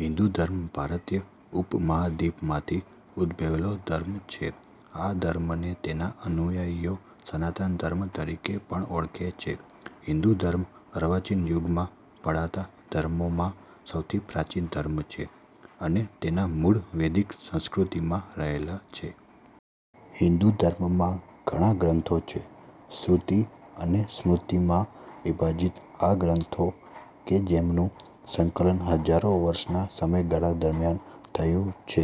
હિંદુ ધર્મ ભારતીય ઉપ-મહાદ્વીપમાંથી ઉદ્ભવેલો ધર્મ છે. આ ધર્મને તેના અનુયાયીઓ સનાતન ધર્મ તરીકે પણ ઓળખે છે. હિંદુ ધર્મ અર્વાચીન યુગમાં પળાતા ધર્મોમાં સૌથી પ્રાચીન ધર્મ છે અને તેના મૂળ વૈદિક સંસ્કૃતિમાં રહેલા છે. હિંદુ ધર્મમાં ઘણાં ગ્રંથો છે. શ્રુતિ અને સ્મૃતિમાં વિભાજિત આ ગ્રંથો કે જેમનું સંકલન હજારો વર્ષનાં સમયગાળા દરમ્યાન થયું છે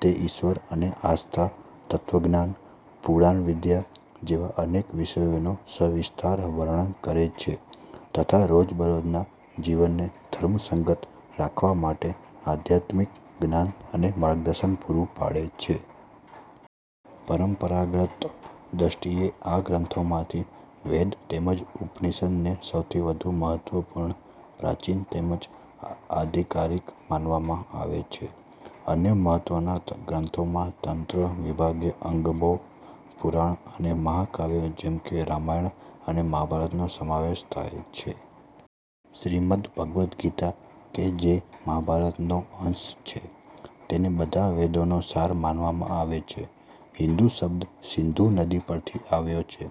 તે ઈશ્વર અને આસ્થા, તત્ત્વજ્ઞાન, પુરાણવિદ્યા જેવા અનેક વિષયોનું સવિસ્તાર વર્ણન કરે છે તથા રોજબરોજના જીવનને ધર્મસંગત રાખવા માટે આધ્યાત્મિક જ્ઞાન અને માર્ગદર્શન પૂરું પાડે છે. પરંપરાગત દ્રષ્ટિએ આ ગ્રંથોમાંથી વેદ, તેમજ ઉપનિષદને સૌથી વધુ મહત્વપૂર્ણ, પ્રાચીન તેમજ આધિકારિક માનવામાં આવે છે. અન્ય મહત્વના ગ્રંથોમાં તંત્ર, વિભાગીય અગમો, પુરાણ અને મહાકાવ્યો જેમકે રામાયણ અને મહાભારતનો સમાવેશ થાય છે. શ્રીમદ્ ભગવદ્ ગીતા કે જે મહાભારતનો અંશ છે તેને બધા વેદોનો સાર માનવામાં આવે છે. હિંદુ શબ્દ સિંધુ નદી પરથી આવ્યો છે.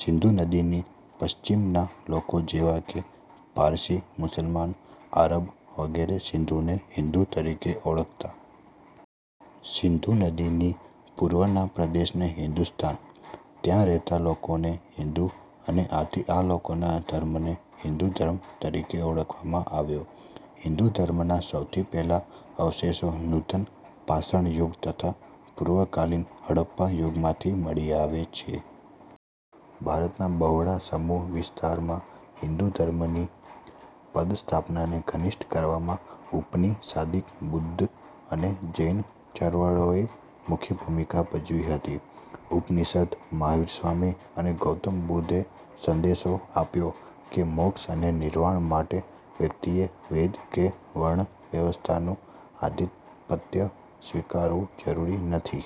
સિંધુ નદીની પશ્ચિમના લોકો જેવા કે પારસી, મુસલમાન, આરબ, વગેરે સિંધુને હિંદુ તરીકે ઓળખતા. સિંધુ નદીની પૂર્વના પ્રદેશને હિંદુસ્તાન, ત્યાં રહેતા લોકોને હિંદુ અને આથી આ લોકોના ધર્મને હિંદુ ધર્મ તરીકે ઓળખાવવામાં આવ્યો. હિંદુ ધર્મના સૌથી પહેલા અવશેષો નૂતન પાષાણ યુગ તથા પૂર્વકાલીન હડપ્પા યુગમાંથી મળી આવે છે. ભારતના બહોળા સમુહ વિસ્તારમાં હિંદુ ધર્મની પદસ્થાપનાને ઘનિષ્ટ કરવામાં ઉપનીશાદીક, બુદ્ધ અને જૈન ચળવળોએ મુખ્ય ભૂમિકા ભજવી હતી. ઉપનિષદ, મહાવીર સ્વામી અને ગૌતમ બુદ્ધએ સંદેશો આપ્યો કે મોક્ષ અને નિર્વાણ માટે વ્યક્તિએ વેદ કે વર્ણ વ્યવસ્થાનું આધીપત્ય સ્વીકારવું જરૂરી નથી.